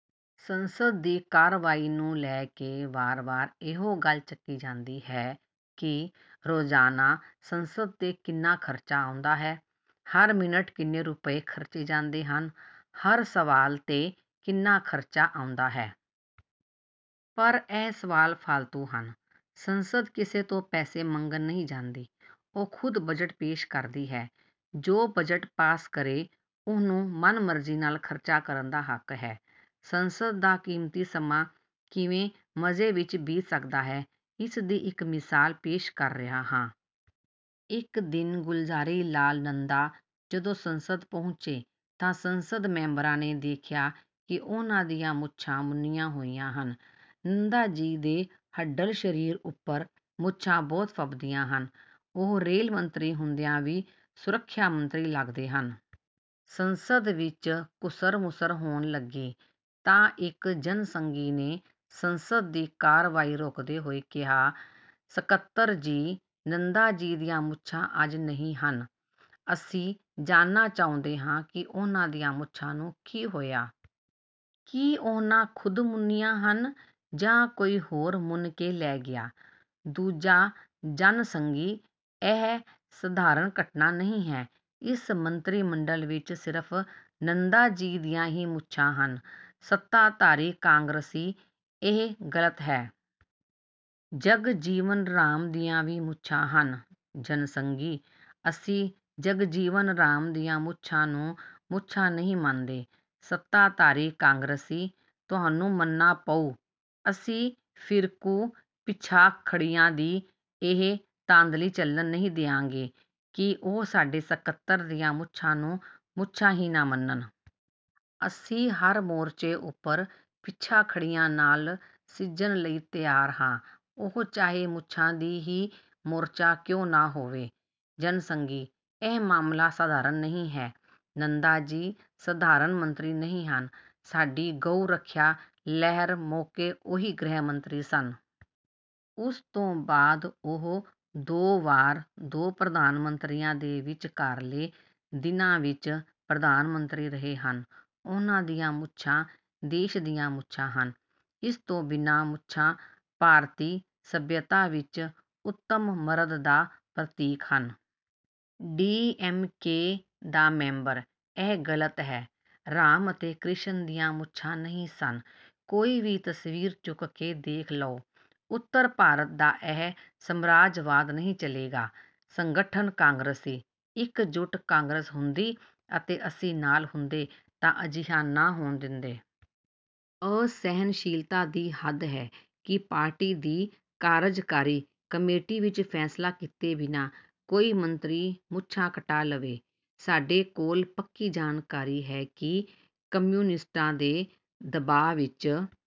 ਸੰਸਦ ਦੀ ਕਾਰਵਾਈ ਨੂੰ ਲੈ ਕੇ ਵਾਰ-ਵਾਰ ਇਹੋ ਗੱਲ ਚੱਕੀ ਜਾਂਦੀ ਹੈ ਕਿ ਰੋਜ਼ਾਨਾ ਸੰਸਦ 'ਤੇ ਕਿੰਨਾ ਖਰਚਾ ਆਉਂਦਾ ਹੈ? ਹਰ ਮਿੰਟ ਕਿੰਨੇ ਰੁਪਏ ਖਰਚੇ ਜਾਂਦੇ ਹਨ? ਹਰ ਸਵਾਲ 'ਤੇ ਕਿੰਨਾ ਖਰਚਾ ਆਉਂਦਾ ਹੈ? ਪਰ ਇਹ ਸਵਾਲ ਫਾਲਤੂ ਹਨ। ਸੰਸਦ ਕਿਸੇ ਤੋਂ ਪੈਸੇ ਮੰਗਣ ਨਹੀਂ ਜਾਂਦੀ। ਉਹ ਖੁਦ ਬਜਟ ਪੇਸ਼ ਕਰਦੀ ਹੈ। ਜੋ ਬਜਟ ਪਾਸ ਕਰੇ, ਉਹਨੂੰ ਮਨਮਰਜ਼ੀ ਨਾਲ ਖਰਚਾ ਕਰਨ ਦਾ ਹੱਕ ਹੈ। ਸੰਸਦ ਦਾ ਕੀਮਤੀ ਸਮਾਂ ਕਿਵੇਂ ਮਜ਼ੇ ਵਿੱਚ ਬੀਤ ਸਕਦਾ ਹੈ ਇਸ ਦੀ ਇੱਕ ਮਿਸਾਲ ਪੇਸ਼ ਕਰ ਰਿਹਾ ਹਾਂ। ਇੱਕ ਦਿਨ ਗੁਲਜ਼ਾਰੀਲਾਲ ਨੰਦਾ ਜਦੋਂ ਸੰਸਦ ਪਹੁੰਚੇ ਤਾਂ ਸੰਸਦ ਮੈਂਬਰਾਂ ਨੇ ਦੇਖਿਆ ਕਿ ਉਹਨਾਂ ਦੀਆਂ ਮੁੱਛਾਂ ਮੁੰਨੀਆਂ ਹੋਈਆਂ ਹਨ। ਨੰਦਾ ਜੀ ਦੇ ਹੱਡਲ ਸਰੀਰ ਉੱਪਰ ਮੁੱਛਾਂ ਬਹੁਤ ਫੱਬਦੀਆਂ ਹਨ। ਉਹ ਰੇਲ ਮੰਤਰੀ ਹੁੰਦਿਆਂ ਵੀ ਸੁਰੱਖਿਆ ਮੰਤਰੀ ਲਗਦੇ ਹਨ। ਸੰਸਦ ਵਿੱਚ ਘੁਸਰ-ਮੁਸਰ ਹੋਣ ਲੱਗੀ ਤਾਂ ਇੱਕ ਜਨਸੰਘੀ ਨੇ ਸੰਸਦ ਦੀ ਕਾਰਵਾਈ ਰੋਕਦੇ ਹੋਏ ਕਿਹਾ, "ਸਕੱਤਰ ਜੀ, ਨੰਦਾ ਜੀ ਦੀਆਂ ਮੁੱਛਾਂ ਅੱਜ ਨਹੀਂ ਹਨ। ਅਸੀਂ ਜਾਣਨਾ ਚਾਹੁੰਦੇ ਹਾਂ ਕਿ ਉਹਨਾਂ ਦੀਆਂ ਮੁੱਛਾਂ ਨੂੰ ਕੀ ਹੋਇਆ? ਕੀ ਉਹਨਾਂ ਖੁਦ ਮੁੰਨੀਆਂ ਹਨ ਜਾਂ ਕੋਈ ਹੋਰ ਮੁੰਨ ਕੇ ਲੈ ਗਿਆ?" ਦੂਜਾ ਜਨ ਸੰਘੀ, "ਇਹ ਸਧਾਰਨ ਘਟਨਾ ਨਹੀਂ ਹੈ। ਇਸ ਮੰਤਰੀ ਮੰਡਲ ਵਿੱਚ ਸਿਰਫ ਨੰਦਾ ਜੀ ਦੀਆਂ ਹੀ ਮੁੱਛਾਂ ਹਨ।" ਸੱਤਾਧਾਰੀ ਕਾਂਗਰਸੀ, "ਇਹ ਗਲਤ ਹੈ। ਜਗਜੀਵਨ ਰਾਮ ਦੀਆਂ ਵੀ ਮੁੱਛਾਂ ਹਨ।" ਜਨਸੰਘੀ, "ਅਸੀਂ ਜਗਜੀਵਨ ਰਾਮ ਦੀਆਂ ਮੁੱਛਾਂ ਨੂੰ ਮੁੱਛਾਂ ਨਹੀਂ ਮੰਨਦੇ।" ਸੱਤਾਧਾਰੀ ਕਾਂਗਰਸੀ, "ਤੁਹਾਨੂੰ ਮੰਨਣਾ ਪਊ। ਅਸੀਂ ਫਿਰਕੂ ਪਿਛਾਖੜੀਆਂ ਦੀ ਇਹ ਧਾਂਦਲੀ ਚੱਲਣ ਨਹੀਂ ਦਿਆਂਗੇ ਕਿ ਉਹ ਸਾਡੇ ਸਕੱਤਰ ਦੀਆਂ ਮੁੱਛਾਂ ਨੂੰ ਮੁੱਛਾਂ ਹੀ ਨਾ ਮੰਨਣ। ਅਸੀਂ ਹਰ ਮੋਰਚੇ ਉੱਪਰ ਪਿਛਾਖੜੀਆਂ ਨਾਲ ਸਿੱਝਣ ਲਈ ਤਿਆਰ ਹਾਂ ਉਹ ਚਾਹੇ ਮੁੱਛਾਂ ਦਾ ਹੀ ਮੋਰਚਾ ਕਿਉਂ ਨਾ ਹੋਵੇ।" ਜਨਸੰਘੀ, "ਇਹ ਮਾਮਲਾ ਸਧਾਰਨ ਨਹੀਂ ਹੈ। ਨੰਦਾ ਜੀ ਸਧਾਰਨ ਮੰਤਰੀ ਨਹੀਂ ਹਨ। ਸਾਡੀ ਗਊ ਰੱਖਿਆ ਲਹਿਰ ਮੌਕੇ ਉਹੀ ਗ੍ਰਹਿ ਮੰਤਰੀ ਸਨ। ਉਸ ਤੋਂ ਬਾਅਦ ਉਹ ਦੋ ਵਾਰ ਦੋ ਪ੍ਰਧਾਨ ਮੰਤਰੀਆਂ ਦੇ ਵਿਚਕਾਰਲੇ ਦਿਨਾਂ ਵਿੱਚ ਪ੍ਰਧਾਨ ਮੰਤਰੀ ਰਹੇ ਹਨ। ਉਹਨਾਂ ਦੀਆਂ ਮੁੱਛਾਂ ਦੇਸ਼ ਦੀਆਂ ਮੁੱਛਾਂ ਹਨ। ਇਸ ਤੋਂ ਬਿਨਾਂ ਮੁੱਛਾਂ ਭਾਰਤੀ ਸੱਭਿਅਤਾ ਵਿੱਚ ਉੱਤਮ ਮਰਦ ਦਾ ਪ੍ਰਤੀਕ ਹਨ।" ਡੀ. ਐਮ. ਕੇ. ਦਾ ਮੈਂਬਰ, "ਇਹ ਗਲਤ ਹੈ। ਰਾਮ ਅਤੇ ਕ੍ਰਿਸ਼ਨ ਦੀਆਂ ਮੁੱਛਾਂ ਨਹੀਂ ਸਨ। ਕੋਈ ਵੀ ਤਸਵੀਰ ਚੁੱਕ ਕੇ ਦੇਖ ਲਉ। ਉੱਤਰ ਭਾਰਤ ਦਾ ਇਹ ਸਾਮਰਾਜਵਾਦ ਨਹੀਂ ਚੱਲੇਗਾ।" ਸੰਗਠਨ ਕਾਂਗਰਸੀ, "ਇੱਕਜੁੱਟ ਕਾਂਗਰਸ ਹੁੰਦੀ ਅਤੇ ਅਸੀਂ ਨਾਲ ਹੁੰਦੇ ਤਾਂ ਅਜਿਹਾ ਨਾ ਹੋਣ ਦਿੰਦੇ। ਅਸਹਿਣਸ਼ੀਲਤਾ ਦੀ ਹੱਦ ਹੈ ਕਿ ਪਾਰਟੀ ਦੀ ਕਾਰਜਕਾਰੀ ਕਮੇਟੀ ਵਿੱਚ ਫੈਸਲਾ ਕੀਤੇ ਬਿਨਾਂ ਕੋਈ ਮੰਤਰੀ ਮੁੱਛਾਂ ਕਟਾ ਲਵੇ। ਸਾਡੇ ਕੋਲ ਪੱਕੀ ਜਾਣਕਾਰੀ ਹੈ ਕਿ ਕਮਿਊਨਿਸਟਾਂ ਦੇ ਦਬਾਅ ਵਿੱਚ